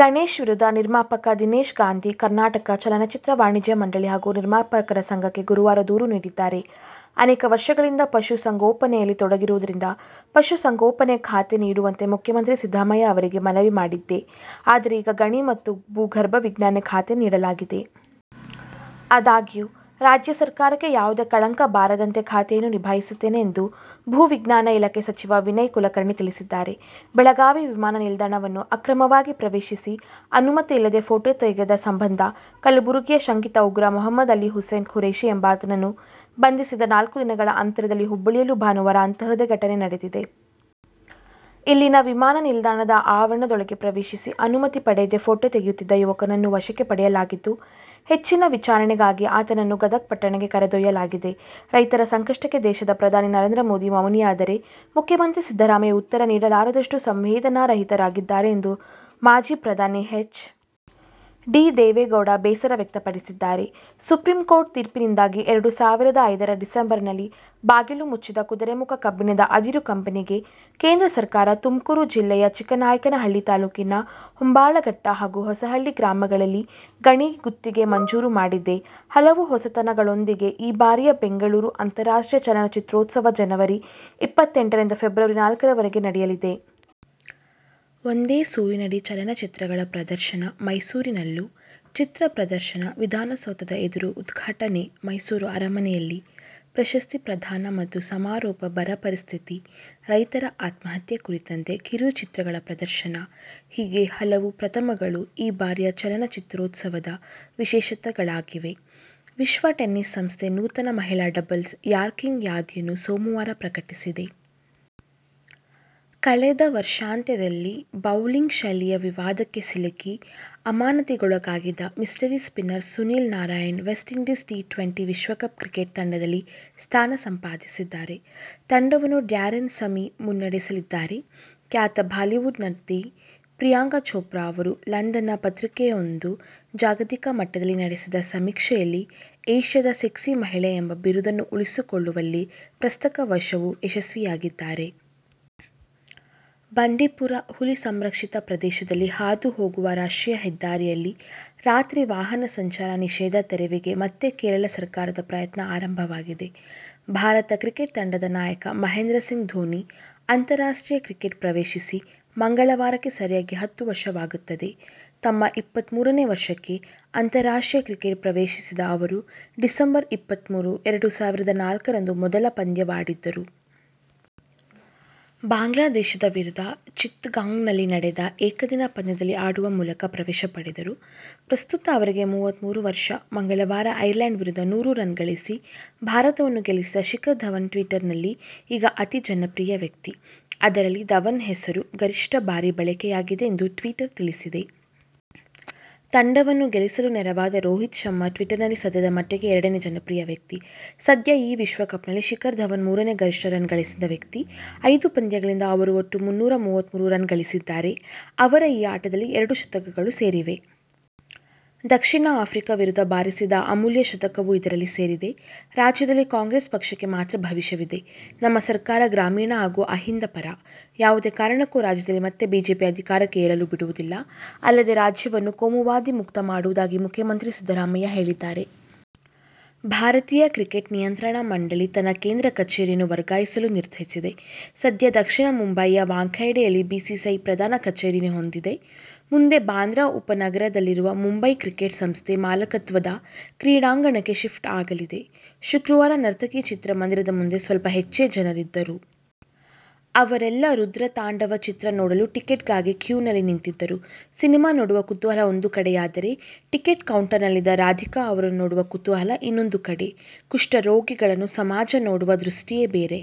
ಗಣೇಶ್ ವಿರುದ್ಧ ನಿರ್ಮಾಪಕ ದಿನೇಶ್ ಗಾಂಧಿ ಕರ್ನಾಟಕ ಚಲನಚಿತ್ರ ವಾಣಿಜ್ಯ ಮಂಡಳಿ ಹಾಗೂ ನಿರ್ಮಾಪಕರ ಸಂಘಕ್ಕೆ ಗುರುವಾರ ದೂರು ನೀಡಿದ್ದಾರೆ. ಅನೇಕ ವರ್ಷಗಳಿಂದ ಪಶುಸಂಗೋಪನೆಯಲ್ಲಿ ತೊಡಗಿರುವುದರಿಂದ ಪಶುಸಂಗೋಪನೆ ಖಾತೆ ನೀಡುವಂತೆ ಮುಖ್ಯಮಂತ್ರಿ ಸಿದ್ದರಾಮಯ್ಯ ಅವರಿಗೆ ಮನವಿ ಮಾಡಿದ್ದೆ. ಆದರೆ ಈಗ ಗಣಿ ಮತ್ತು ಭೂಗರ್ಭ ವಿಜ್ಞಾನ ಖಾತೆ ನೀಡಲಾಗಿದೆ. ಆದಾಗ್ಯೂ ರಾಜ್ಯ ಸರ್ಕಾರಕ್ಕೆ ಯಾವುದೇ ಕಳಂಕ ಬಾರದಂತೆ ಖಾತೆಯನ್ನು ನಿಭಾಯಿಸುತ್ತೇನೆ ಎಂದು ಭೂವಿಜ್ಞಾನ ಇಲಾಖೆ ಸಚಿವ ವಿನಯ ಕುಲಕರ್ಣಿ ತಿಳಿಸಿದ್ದಾರೆ. ಬೆಳಗಾವಿ ವಿಮಾನ ನಿಲ್ದಾಣವನ್ನು ಅಕ್ರಮವಾಗಿ ಪ್ರವೇಶಿಸಿ ಅನುಮತಿ ಇಲ್ಲದೇ ಫೋಟೋ ತೆಗೆದ ಸಂಬಂಧ ಕಲಬುರಗಿಯ ಶಂಕಿತ ಉಗ್ರ ಮಹಮ್ಮದ್ ಅಲಿ ಹುಸೇನ್ ಖುರೇಶಿ ಎಂಬಾತನನ್ನು ಬಂಧಿಸಿದ ನಾಲ್ಕು ದಿನಗಳ ಅಂತರದಲ್ಲಿ ಹುಬ್ಬಳ್ಳಿಯಲ್ಲೂ ಭಾನುವಾರ ಅಂತಹುದೇ ಘಟನೆ ನಡೆದಿದೆ. ಇಲ್ಲಿನ ವಿಮಾನ ನಿಲ್ದಾಣದ ಆವರಣದೊಳಕ್ಕೆ ಪ್ರವೇಶಿಸಿ ಅನುಮತಿ ಪಡೆಯದೇ ಫೋಟೋ ತೆಗೆಯುತ್ತಿದ್ದ ಯುವಕನನ್ನು ವಶಕ್ಕೆ ಪಡೆಯಲಾಗಿದ್ದು ಹೆಚ್ಚಿನ ವಿಚಾರಣೆಗಾಗಿ ಆತನನ್ನು ಗದಗ ಪಟ್ಟಣಕ್ಕೆ ಕರೆದೊಯ್ಯಲಾಗಿದೆ. ರೈತರ ಸಂಕಷ್ಟಕ್ಕೆ ದೇಶದ ಪ್ರಧಾನಿ ನರೇಂದ್ರ ಮೋದಿ ಮೌನಿಯಾದರೆ ಮುಖ್ಯಮಂತ್ರಿ ಸಿದ್ದರಾಮಯ್ಯ ಉತ್ತರ ನೀಡಲಾರದಷ್ಟು ಸಂವೇದನಾರಹಿತರಾಗಿದ್ದಾರೆ ಎಂದು ಮಾಜಿ ಪ್ರಧಾನಿ ಎಚ್. ಡಿ. ದೇವೇಗೌಡ ಬೇಸರ ವ್ಯಕ್ತಪಡಿಸಿದ್ದಾರೆ. ಸುಪ್ರೀಂಕೋರ್ಟ್ ತೀರ್ಪಿನಿಂದಾಗಿ ಎರಡು ಸಾವಿರದ ಐದರ ಡಿಸೆಂಬರ್‌ನಲ್ಲಿ ಬಾಗಿಲು ಮುಚ್ಚಿದ ಕುದುರೆಮುಖ ಕಬ್ಬಿಣದ ಅದಿರು ಕಂಪನಿಗೆ ಕೇಂದ್ರ ಸರ್ಕಾರ ತುಮಕೂರು ಜಿಲ್ಲೆಯ ಚಿಕ್ಕನಾಯಕನಹಳ್ಳಿ ತಾಲೂಕಿನ ಹೊಂಬಾಳಘಟ್ಟ ಹಾಗೂ ಹೊಸಹಳ್ಳಿ ಗ್ರಾಮಗಳಲ್ಲಿ ಗಣಿ ಗುತ್ತಿಗೆ ಮಂಜೂರು ಮಾಡಿದೆ. ಹಲವು ಹೊಸತನಗಳೊಂದಿಗೆ ಈ ಬಾರಿಯ ಬೆಂಗಳೂರು ಅಂತಾರಾಷ್ಟ್ರೀಯ ಚಲನಚಿತ್ರೋತ್ಸವ ಜನವರಿ ಇಪ್ಪತ್ತೆಂಟರಿಂದ ಫೆಬ್ರವರಿ ನಾಲ್ಕರವರೆಗೆ ನಡೆಯಲಿದೆ. ಒಂದೇ ಸೂರಿನಡಿ ಚಲನಚಿತ್ರಗಳ ಪ್ರದರ್ಶನ ಮೈಸೂರಿನಲ್ಲೂ ಚಿತ್ರಪ್ರದರ್ಶನ ವಿಧಾನಸೌಧದ ಎದುರು ಉದ್ಘಾಟನೆ ಮೈಸೂರು ಅರಮನೆಯಲ್ಲಿ ಪ್ರಶಸ್ತಿ ಪ್ರದಾನ ಮತ್ತು ಸಮಾರೋಪ ಬರ ಪರಿಸ್ಥಿತಿ ರೈತರ ಆತ್ಮಹತ್ಯೆ ಕುರಿತಂತೆ ಕಿರುಚಿತ್ರಗಳ ಪ್ರದರ್ಶನ ಹೀಗೆ ಹಲವು ಪ್ರಥಮಗಳು ಈ ಬಾರಿಯ ಚಲನಚಿತ್ರೋತ್ಸವದ ವಿಶೇಷತೆಗಳಾಗಿವೆ. ವಿಶ್ವ ಟೆನಿಸ್ ಸಂಸ್ಥೆ ನೂತನ ಮಹಿಳಾ ಡಬಲ್ಸ್ ರ್ಯಾಂಕಿಂಗ್ ಯಾದಿಯನ್ನು ಸೋಮವಾರ ಪ್ರಕಟಿಸಿದೆ. ಕಳೆದ ವರ್ಷಾಂತ್ಯದಲ್ಲಿ ಬೌಲಿಂಗ್ ಶೈಲಿಯ ವಿವಾದಕ್ಕೆ ಸಿಲುಕಿ ಅಮಾನತಿಗೊಳಗಾಗಿದ್ದ mystery spinner Sunil Narine West Indies T twenty ವಿಶ್ವಕಪ್ ಕ್ರಿಕೆಟ್ ತಂಡದಲ್ಲಿ ಸ್ಥಾನ ಸಂಪಾದಿಸಿದ್ದಾರೆ. ತಂಡವನ್ನು ಡ್ಯಾರನ್ ಸಮ್ಮಿ ಮುನ್ನಡೆಸಲಿದ್ದಾರೆ. ಖ್ಯಾತ ಬಾಲಿವುಡ್ ನಟಿ ಪ್ರಿಯಾಂಕಾ ಚೋಪ್ರಾ ಅವರು ಲಂಡನ್‌ನ ಪತ್ರಿಕೆಯೊಂದು ಜಾಗತಿಕ ಮಟ್ಟದಲ್ಲಿ ನಡೆಸಿದ ಸಮೀಕ್ಷೆಯಲ್ಲಿ ಏಷ್ಯಾದ ಸೆಕ್ಸಿ ಮಹಿಳೆ ಎಂಬ ಬಿರುದನ್ನು ಉಳಿಸಿಕೊಳ್ಳುವಲ್ಲಿ ಪ್ರಸಕ್ತ ವರ್ಷವೂ ಯಶಸ್ವಿಯಾಗಿದ್ದಾರೆ. ಬಂಡೀಪುರ ಹುಲಿ ಸಂರಕ್ಷಿತ ಪ್ರದೇಶದಲ್ಲಿ ಹಾದು ಹೋಗುವ ರಾಷ್ಟ್ರೀಯ ಹೆದ್ದಾರಿಯಲ್ಲಿ ರಾತ್ರಿ ವಾಹನ ಸಂಚಾರ ನಿಷೇಧ ತೆರವಿಗೆ ಮತ್ತೆ ಕೇರಳ ಸರ್ಕಾರದ ಪ್ರಯತ್ನ ಆರಂಭವಾಗಿದೆ. ಭಾರತ ಕ್ರಿಕೆಟ್ ತಂಡದ ನಾಯಕ ಮಹೇಂದ್ರಸಿಂಗ್ ಧೋನಿ ಅಂತಾರಾಷ್ಟ್ರೀಯ ಕ್ರಿಕೆಟ್ ಪ್ರವೇಶಿಸಿ ಮಂಗಳವಾರಕ್ಕೆ ಸರಿಯಾಗಿ ಹತ್ತು ವರ್ಷವಾಗುತ್ತದೆ. ತಮ್ಮ ಇಪ್ಪತ್ತಮೂರನೇ ವರ್ಷಕ್ಕೆ ಅಂತಾರಾಷ್ಟ್ರೀಯ ಕ್ರಿಕೆಟ್ ಪ್ರವೇಶಿಸಿದ ಅವರು ಡಿಸೆಂಬರ್ ಇಪ್ಪತ್ತಮೂರು ಎರಡು ಸಾವಿರದ ನಾಲ್ಕರಂದು ಮೊದಲ ಪಂದ್ಯವಾಡಿದ್ದರು. ಬಾಂಗ್ಲಾದೇಶದ ವಿರುದ್ಧ ಚಿತ್ತಗಾಂಗ್‌ನಲ್ಲಿ ನಡೆದ ಏಕದಿನ ಪಂದ್ಯದಲ್ಲಿ ಆಡುವ ಮೂಲಕ ಪ್ರವೇಶ ಪಡೆದರು. ಪ್ರಸ್ತುತ ಅವರಿಗೆ ಮೂವತ್ತಮೂರು ವರ್ಷ. ಮಂಗಳವಾರ ಐರ್ಲೆಂಡ್ ವಿರುದ್ಧ ನೂರು ರನ್ ಗಳಿಸಿ ಭಾರತವನ್ನು ಗೆಲ್ಲಿಸಿದ ಶಿಖರ್ ಧವನ್ ಟ್ವಿಟರ್‌ನಲ್ಲಿ ಈಗ ಅತಿ ಜನಪ್ರಿಯ ವ್ಯಕ್ತಿ. ಅದರಲ್ಲಿ ಧವನ್ ಹೆಸರು ಗರಿಷ್ಠ ಬಾರಿ ಬಳಕೆಯಾಗಿದೆ ಎಂದು ಟ್ವಿಟರ್ ತಿಳಿಸಿದೆ. ತಂಡವನ್ನು ಗೆಲ್ಲಿಸಲು ನೆರವಾದ ರೋಹಿತ್ ಶರ್ಮಾ ಟ್ವಿಟರ್‌ನಲ್ಲಿ ಸದ್ಯದ ಮಟ್ಟಿಗೆ ಎರಡನೇ ಜನಪ್ರಿಯ ವ್ಯಕ್ತಿ. ಸದ್ಯ ಈ ವಿಶ್ವಕಪ್‌ನಲ್ಲಿ ಶಿಖರ್ ಧವನ್ ಮೂರನೇ ಗರಿಷ್ಠ ರನ್ ಗಳಿಸಿದ ವ್ಯಕ್ತಿ. ಐದು ಪಂದ್ಯಗಳಿಂದ ಅವರು ಒಟ್ಟು ಮುನ್ನೂರ ಮೂವತ್ತಮೂರು ರನ್ ಗಳಿಸಿದ್ದಾರೆ. ಅವರ ಈ ಆಟದಲ್ಲಿ ಎರಡು ಶತಕಗಳು ಸೇರಿವೆ. ದಕ್ಷಿಣ ಆಫ್ರಿಕಾ ವಿರುದ್ಧ ಬಾರಿಸಿದ ಅಮೂಲ್ಯ ಶತಕವೂ ಇದರಲ್ಲಿ ಸೇರಿದೆ. ರಾಜ್ಯದಲ್ಲಿ ಕಾಂಗ್ರೆಸ್ ಪಕ್ಷಕ್ಕೆ ಮಾತ್ರ ಭವಿಷ್ಯವಿದೆ. ನಮ್ಮ ಸರ್ಕಾರ ಗ್ರಾಮೀಣ ಹಾಗೂ ಅಹಿಂದ ಪರ. ಯಾವುದೇ ಕಾರಣಕ್ಕೂ ರಾಜ್ಯದಲ್ಲಿ ಮತ್ತೆ ಬಿಜೆಪಿ ಅಧಿಕಾರಕ್ಕೆ ಏರಲು ಬಿಡುವುದಿಲ್ಲ. ಅಲ್ಲದೇ ರಾಜ್ಯವನ್ನು ಕೋಮುವಾದಿ ಮುಕ್ತ ಮಾಡುವುದಾಗಿ ಮುಖ್ಯಮಂತ್ರಿ ಸಿದ್ಧರಾಮಯ್ಯ ಹೇಳಿದ್ದಾರೆ. ಭಾರತೀಯ ಕ್ರಿಕೆಟ್ ನಿಯಂತ್ರಣ ಮಂಡಳಿ ತನ್ನ ಕೇಂದ್ರ ಕಚೇರಿಯನ್ನು ವರ್ಗಾಯಿಸಲು ನಿರ್ಧರಿಸಿದೆ. ಸದ್ಯ ದಕ್ಷಿಣ ಮುಂಬಯಿಯ ವಾಂಖೆಡೆಯಲ್ಲಿ ಬಿಸಿಸಿಐ ಪ್ರಧಾನ ಕಚೇರಿಯನ್ನು ಹೊಂದಿದೆ. ಮುಂದೆ ಬಾಂದ್ರಾ ಉಪನಗರದಲ್ಲಿರುವ ಮುಂಬೈ ಕ್ರಿಕೆಟ್ ಸಂಸ್ಥೆ ಮಾಲಕತ್ವದ ಕ್ರೀಡಾಂಗಣಕ್ಕೆ ಶಿಫ್ಟ್ ಆಗಲಿದೆ. ಶುಕ್ರವಾರ ನರ್ತಕಿ ಚಿತ್ರಮಂದಿರದ ಮುಂದೆ ಸ್ವಲ್ಪ ಹೆಚ್ಚೇ ಜನರಿದ್ದರು. ಅವರೆಲ್ಲ ರುದ್ರತಾಂಡವ ಚಿತ್ರ ನೋಡಲು ಟಿಕೆಟ್ಗಾಗಿ ಕ್ಯೂನಲ್ಲಿ ನಿಂತಿದ್ದರು. ಸಿನಿಮಾ ನೋಡುವ ಕುತೂಹಲ ಒಂದು ಕಡೆಯಾದರೆ ಟಿಕೆಟ್ ಕೌಂಟರ್‌ನಲ್ಲಿದ್ದ ರಾಧಿಕಾ ಅವರನ್ನು ನೋಡುವ ಕುತೂಹಲ ಇನ್ನೊಂದು ಕಡೆ. ಕುಷ್ಠರೋಗಿಗಳನ್ನು ಸಮಾಜ ನೋಡುವ ದೃಷ್ಟಿಯೇ ಬೇರೆ.